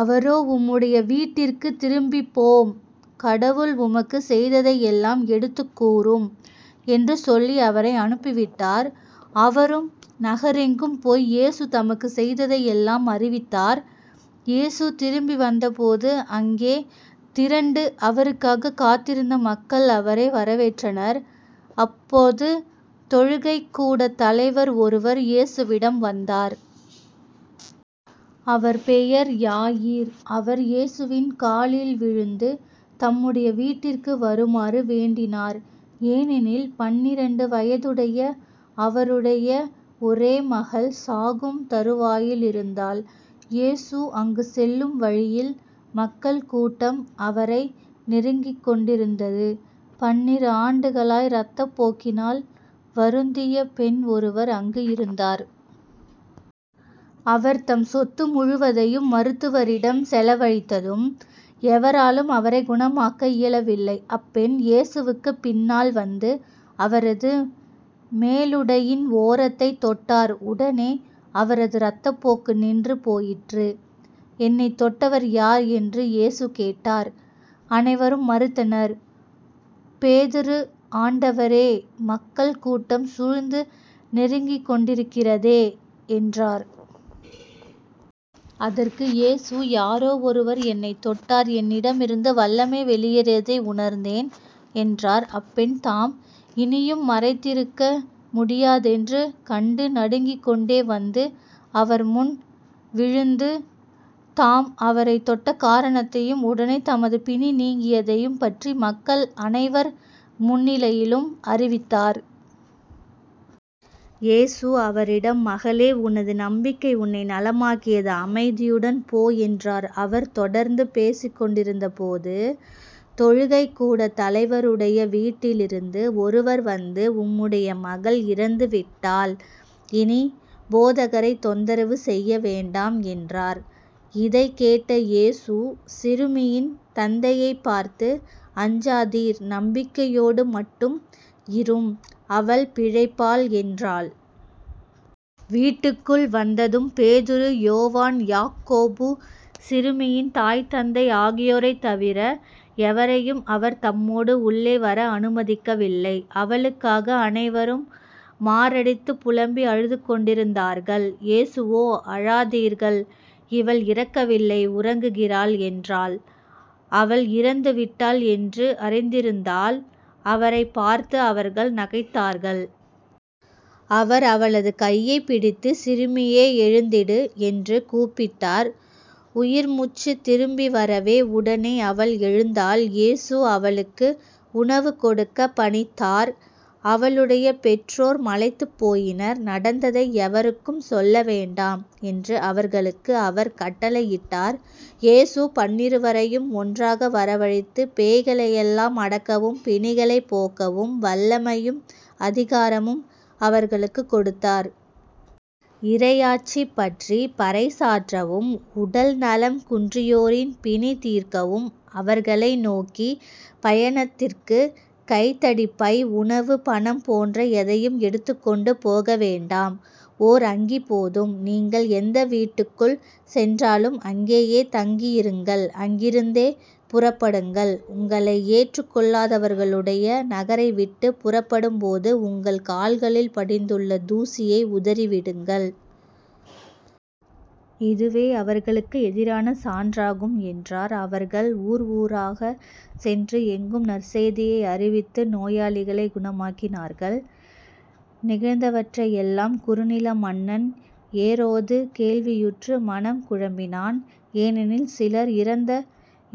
அவரோ உம்முடைய வீட்டிற்குத் திரும்பிப்போம். கடவுள் உமக்குச் செய்ததையெல்லாம் எடுத்துக்கூறும் என்று சொல்லி அவரை அனுப்பிவிட்டார். அவரும் நகரெங்கும் போய் இயேசு தமக்குச் செய்ததையெல்லாம் அறிவித்தார். இயேசு திரும்பி வந்தபோது அங்கே திரண்டு அவருக்காகக் காத்திருந்த மக்கள் அவரை வரவேற்றனர். அப்போது தொழுகைக்கூடத் தலைவர் ஒருவர் இயேசுவிடம் வந்தார். அவர் பெயர் யாயிர். அவர் இயேசுவின் காலில் விழுந்து தம்முடைய வீட்டிற்கு வருமாறு வேண்டினார். ஏனெனில் பன்னிரண்டு வயதுடைய அவருடைய ஒரே மகள் சாகும் தறுவாயிலிருந்தாள். இயேசு அங்குச் செல்லும் வழியில் மக்கள் கூட்டம் அவரை நெருக்கிக் கொண்டிருந்தது. பன்னிரு ஆண்டுகளாய் இரத்தப்போக்கினால் வருந்திய பெண் ஒருவர் அங்கு இருந்தார். அவர் தம் சொத்து முழுவதையும் மருத்துவரிடம் செலவழித்ததும் எவராலும் அவரைக் குணமாக்க இயலவில்லை. அப்பெண் இயேசுவுக்குப் பின்னால் வந்து அவரது மேலுடையின் ஓரத்தைத் தொட்டார். உடனே அவரது இரத்தப்போக்கு நின்று போயிற்று. என்னைத் தொட்டவர் யார்? என்று இயேசு கேட்டார். அனைவரும் மறுத்தனர். பேதுரு ஆண்டவரே மக்கள் கூட்டம் சூழ்ந்து நெருக்கிக்கொண்டிருக்கிறதே என்றார். அதற்கு இயேசு யாரோ ஒருவர் என்னைத் தொட்டார் என்னிடமிருந்து வல்லமை வெளியேறியதை உணர்ந்தேன் என்றார். அப்பெண்தாம் இனியும் மறைந்திருக்க முடியாதென்று கண்டு நடுங்கிக்கொண்டே வந்து அவர்முன் விழுந்து தாம் அவரைத் தொட்ட காரணத்தையும் உடனே தமது பிணி நீங்கியதையும் பற்றி மக்கள் அனைவர் முன்னிலையிலும் அறிவித்தார். இயேசு அவரிடம் மகளே உனது நம்பிக்கை உன்னை நலமாக்கியது. அமைதியுடன் போ என்றார். அவர் தொடர்ந்து பேசிக் கொண்டிருந்தபோது தொழுகைக் கூடத் தலைவருடைய வீட்டிலிருந்து ஒருவர் வந்து உம்முடைய மகள் இறந்துவிட்டாள். இனி போதகரைத் தொந்தரவு செய்ய வேண்டாம் என்றார். இதைக் கேட்ட இயேசு சிறுமியின் தந்தையைப் பார்த்து அஞ்சாதீர் நம்பிக்கையோடு மட்டும் இரும் அவள் பிழைப்பாள் என்றாள். வீட்டுக்குள் வந்ததும் பேதுரு யோவான் யாக்கோபு சிறுமியின் தாய் தந்தை ஆகியோரைத் தவிர எவரையும் அவர் தம்மோடு உள்ளே வர அனுமதிக்கவில்லை. அவளுக்காக அனைவரும் மாரடித்துப் புலம்பி அழுதுகொண்டிருந்தார்கள். இயேசுவோ அழாதீர்கள் இவள் இறக்கவில்லை உறங்குகிறாள் என்றாள். அவள் இறந்துவிட்டாள் என்று அறிந்திருந்தால் அவரைப் பார்த்து அவர்கள் நகைத்தார்கள். அவர் அவளது கையைப் பிடித்து சிறுமியே எழுந்திடு. என்று கூப்பிட்டார். உயிர் முச்சுத் திரும்பி வரவே உடனே அவள் எழுந்தாள் இயேசு அவளுக்கு உணவு கொடுக்கப் பணித்தார். அவளுடைய பெற்றோர் மலைத்துப் போயினர். நடந்ததை எவருக்கும் சொல்லவேண்டாம் என்று அவர்களுக்கு அவர் கட்டளையிட்டார். இயேசு பன்னிருவரையும் ஒன்றாக வரவழைத்து பேய்களையெல்லாம் அடக்கவும் பிணிகளைப் போக்கவும் வல்லமையும் அதிகாரமும் அவர்களுக்குக் கொடுத்தார். இறையாட்சிபற்றிப் பறைசாற்றவும் உடல் நலம் குன்றியோரின் பிணிதீர்க்கவும் அவர்களை நோக்கி பயணத்திற்குக் கைத்தடி பை உணவு பணம் போன்ற எதையும் எடுத்துக்கொண்டு போக வேண்டாம். ஓர் அங்கி போதும். நீங்கள் எந்த வீட்டுக்குள் சென்றாலும் அங்கேயே தங்கியிருங்கள். அங்கிருந்தே புறப்படுங்கள். உங்களை ஏற்றுக் கொள்ளாதவர்களுடைய நகரைவிட்டுப் புறப்படும்போது உங்கள் கால்களில் படிந்துள்ள தூசியை உதறிவிடுங்கள். இதுவே அவர்களுக்கு எதிரான சான்றாகும் என்றார். அவர்கள் ஊர் ஊராகச் சென்று எங்கும் நற்செய்தியை அறிவித்து நோயாளிகளைக் குணமாக்கினார்கள். நிகழ்ந்தவற்றையெல்லாம் குறுநில மன்னன் ஏரோது கேள்வியுற்று மனம் குழம்பினான். ஏனெனில் சிலர் இறந்த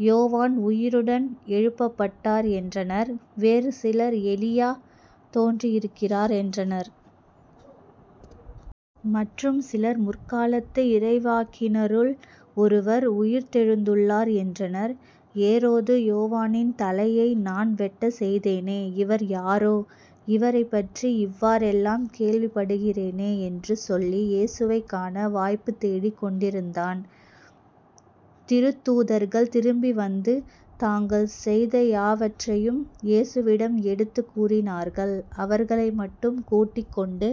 யோவான் உயிருடன் எழுப்பப்பட்டார் என்றனர். வேறு சிலர் எலியா தோன்றியிருக்கிறார் என்றனர். மற்றும் சிலர் முற்காலத்து இறைவாக்கினருள் ஒருவர் உயிர்த்தெழுந்துள்ளார் என்றனர். ஏரோது யோவானின் தலையை நான் வெட்டச் செய்தேனே. இவர் யாரோ? இவரைப் பற்றி இவ்வாறெல்லாம் கேள்விப்படுகிறேனே. என்று சொல்லி இயேசுவைக் காண வாய்ப்புத் தேடிக் கொண்டிருந்தான். திருத்தூதர்கள் திரும்பி வந்து. தாங்கள் செய்த யாவற்றையும் இயேசுவிடம் எடுத்துக் கூறினார்கள். அவர்களை மட்டும் கூட்டிக்கொண்டு